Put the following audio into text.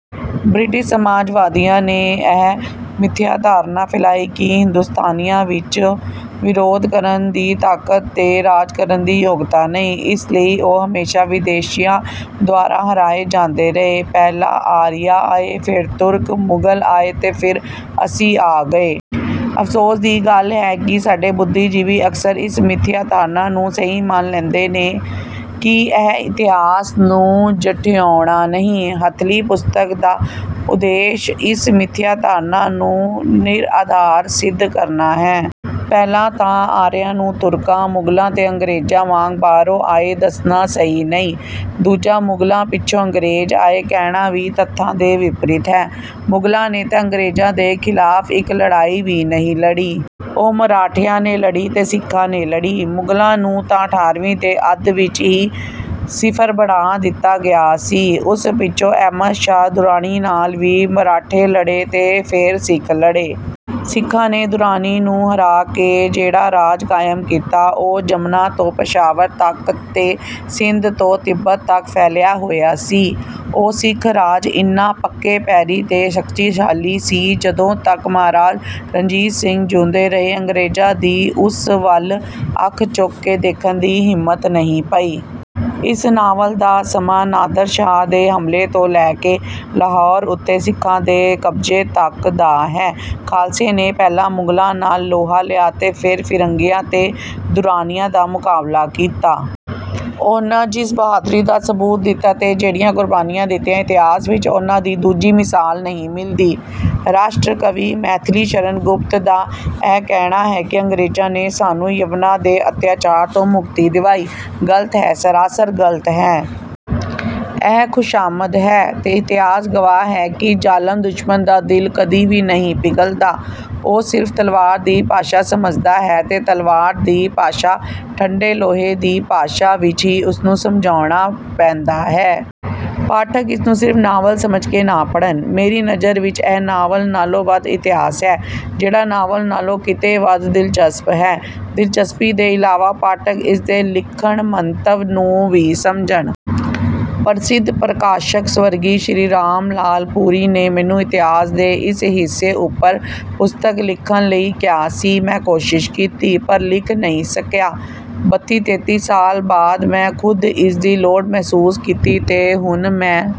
British ਸਾਮਰਾਜਵਾਦੀਆਂ ਨੇ ਇਹ ਮਿਥਿਆ ਧਾਰਨਾ ਫੈਲਾਈ ਕਿ ਹਿੰਦੁਸਤਾਨੀਆਂ ਵਿੱਚ ਵਿਰੋਧ ਕਰਨ ਦੀ ਤਾਕਤ ਤੇ ਰਾਜ ਕਰਨ ਦੀ ਯੋਗਤਾ ਨਹੀਂ, ਇਸ ਲਈ ਉਹ ਹਮੇਸ਼ਾ ਵਿਦੇਸ਼ੀਆਂ ਦੁਆਰਾ ਹਰਾਏ ਜਾਂਦੇ ਰਹੇ। ਪਹਿਲਾਂ ਆਰੀਆ ਆਏ, ਫੇਰ ਤੁਰਕ, ਮੁਗਲ ਆਏ ਤੇ ਫੇਰ ਅਸੀਂ ਆ ਗਏ। ਅਫ਼ਸੋਸ ਦੀ ਗੱਲ ਹੈ ਕਿ ਸਾਡੇ ਬੁੱਧੀਜੀਵੀ ਅਕਸਰ ਇਸ ਮਿਥਿਆ ਧਾਰਨਾ ਨੂੰ ਸਹੀ ਮੰਨ ਲੈਂਦੇ ਨੇ। ਕੀ ਇਹ ਇਤਿਹਾਸ ਨੂੰ ਝੁਠਿਆਉਣਾ ਨਹੀਂ? ਹੱਥਲੀ ਪੁਸਤਕ ਦਾ ਉਦੇਸ਼ ਇਸ ਮਿਥਿਆ ਧਾਰਨਾ ਨੂੰ ਨਿਰਆਧਾਰ ਸਿੱਧ ਕਰਨਾ ਹੈ। ਪਹਿਲਾਂ ਤਾਂ ਆਰੀਆਂ ਨੂੰ ਤੁਰਕਾਂ, ਮੁਗਲਾਂ ਤੇ ਅੰਗਰੇਜ਼ਾਂ ਵਾਂਗ ਬਾਹਰੋਂ ਆਏ ਦੱਸਣਾ ਸਹੀ ਨਹੀਂ। ਦੂਜਾ ਮੁਗਲਾਂ ਪਿੱਛੋਂ ਅੰਗਰੇਜ਼ ਆਏ, ਕਹਿਣਾ ਵੀ ਤੱਥਾਂ ਦੇ ਵਿਪਰੀਤ ਹੈ। ਮੁਗਲਾਂ ਨੇ ਤਾਂ ਅੰਗਰੇਜ਼ਾਂ ਦੇ ਖ਼ਿਲਾਫ਼ ਇੱਕ ਲੜਾਈ ਵੀ ਨਹੀਂ ਲੜੀ। ਉਹ ਮਰਾਠਿਆਂ ਨੇ ਲੜੀ ਤੇ ਸਿੱਖਾਂ ਨੇ ਲੜੀ। ਮੁਗਲਾਂ ਨੂੰ ਤਾਂ ਅਠਾਰਵੀਂ ਦੇ ਅੱਧ ਵਿੱਚ ਹੀ ਸਿਫਰ ਬਣਾ ਦਿੱਤਾ ਗਿਆ ਸੀ। ਉਸ ਪਿੱਛੋਂ ਅਹਿਮਦ ਸ਼ਾਹ ਦੁਰਾਨੀ ਨਾਲ ਵੀ ਮਰਾਠੇ ਲੜੇ ਤੇ ਫੇਰ ਸਿੱਖ ਲੜੇ। ਸਿੱਖਾਂ ਨੇ ਦੁਰਾਨੀ ਨੂੰ ਹਰਾ ਕੇ ਜਿਹੜਾ ਰਾਜ ਕਾਇਮ ਕੀਤਾ, ਉਹ ਜਮਨਾ ਤੋਂ ਪੇਸ਼ਾਵਰ ਤਕ ਤੇ ਸਿੰਧ ਤੋਂ ਤਿੱਬਤ ਤਕ ਫੈਲਿਆ ਹੋਇਆ ਸੀ। ਉਹ ਸਿੱਖ ਰਾਜ ਇੰਨਾ ਪੱਕੇ-ਪੈਰੀਂ ਤੇ ਸ਼ਕਤੀ-ਸ਼ਾਲੀ ਸੀ ਕਿ ਜਦੋਂ ਤਕ ਮਹਾਰਾਜਾ ਰਣਜੀਤ ਸਿੰਘ ਜਿਊਂਦੇ ਰਹੇ, ਅੰਗਰੇਜ਼ਾਂ ਦੀ ਉਸ ਵੱਲ ਅੱਖ ਚੁੱਕ ਕੇ ਦੇਖਣ ਦੀ ਹਿੰਮਤ ਨਹੀਂ ਪਈ। ਇਸ ਨਾਵਲ ਦਾ ਸਮਾਂ ਨਾਦਰ ਸ਼ਾਹ ਦੇ ਹਮਲੇ ਤੋਂ ਲੈ ਕੇ ਲਾਹੌਰ ਉੱਤੇ ਸਿੱਖਾਂ ਦੇ ਕਬਜ਼ੇ ਤਕ ਦਾ ਹੈ। ਖਾਲਸੇ ਨੇ ਪਹਿਲਾਂ ਮੁਗਲਾਂ ਨਾਲ ਲੋਹਾ ਲਿਆ ਤੇ ਫੇਰ ਫਿਰੰਗੀਆਂ ਤੇ ਦੁਰਾਨੀਆਂ ਦਾ ਮੁਕਾਬਲਾ ਕੀਤਾ। ਉਹਨਾਂ ਜਿਸ ਬਹਾਦੁਰੀ ਦਾ ਸਬੂਤ ਦਿੱਤਾ ਤੇ ਜਿਹੜੀਆਂ ਕੁਰਬਾਨੀਆਂ ਦਿੱਤੀਆਂ, ਇਤਿਹਾਸ ਵਿੱਚ ਉਹਨਾਂ ਦੀ ਦੂਜੀ ਮਿਸਾਲ ਨਹੀਂ ਮਿਲਦੀ। 'ਰਾਸ਼ਟਰ ਕਵੀ' ਮੈਥਿਲੀਸ਼ਰਣ ਗੁਪਤ ਦਾ ਇਹ ਕਹਿਣਾ ਕਿ ਅੰਗਰੇਜ਼ਾਂ ਨੇ ਸਾਨੂੰ ਯਵਨਾਂ ਦੇ ਅਤਿਆਚਾਰ ਤੋਂ ਮੁਕਤੀ ਦਿਵਾਈ, ਗਲਤ ਹੈ, ਸਰਾਸਰ ਗਲਤ ਹੈ। ਇਹ ਖੁਸ਼ਾਮਦ ਹੈ। ਤੇ ਇਤਿਹਾਸ ਗਵਾਹ ਹੈ ਕਿ ਜ਼ਾਲਮ ਦੁਸ਼ਮਨ ਦਾ ਦਿਲ ਕਦੀ ਵੀ ਨਹੀਂ ਪਿਘਲਦਾ। ਉਹ ਸਿਰਫ ਤਲਵਾਰ ਦੀ ਭਾਸ਼ਾ ਸਮਝਦਾ ਹੈ ਤੇ ਤਲਵਾਰ ਦੀ ਭਾਸ਼ਾ, ਠੰਡੇ ਲੋਹੇ ਦੀ ਭਾਸ਼ਾ, ਵਿੱਚ ਹੀ ਉਸਨੂੰ ਸਮਝਾਉਣਾ ਪੈਂਦਾ ਹੈ। ਪਾਠਕ ਇਸ ਨੂੰ ਸਿਰਫ ਨਾਵਲ ਸਮਝ ਕੇ ਨਾ ਪੜ੍ਹਨ। ਮੇਰੀ ਨਜ਼ਰ ਵਿੱਚ ਇਹ ਨਾਵਲ ਨਾਲੋਂ ਵੱਧ ਇਤਿਹਾਸ ਹੈ, ਜਿਹੜਾ ਨਾਵਲ ਨਾਲੋਂ ਕਿਤੇ ਵੱਧ ਦਿਲਚਸਪ ਹੈ। ਦਿਲਚਸਪੀ ਦੇ ਇਲਾਵਾ ਪਾਠਕ ਇਸ ਦੇ ਲਿਖਣ-ਮੰਤਵ ਨੂੰ ਵੀ ਸਮਝਣ। ਪ੍ਰਸਿੱਧ ਪ੍ਰਕਾਸ਼ਕ ਸਵਰਗੀ ਸ਼੍ਰੀ ਰਾਮਲਾਲ ਪੁਰੀ ਨੇ ਮੈਨੂੰ ਇਤਿਹਾਸ ਦੇ ਇਸ ਹਿੱਸੇ ਉੱਪਰ ਪੁਸਤਕ ਲਿਖਣ ਲਈ ਕਿਹਾ ਸੀ। ਮੈਂ ਕੋਸ਼ਿਸ਼ ਕੀਤੀ, ਪਰ ਲਿਖ ਨਹੀਂ ਸਕਿਆ। ਬੱਤੀ-ਤੇਤੀ ਸਾਲ ਬਾਅਦ ਮੈਂ ਖ਼ੁਦ ਇਸ ਦੀ ਲੋੜ ਮਹਿਸੂਸ ਕੀਤੀ ਤੇ ਹੁਣ ਮੈਂ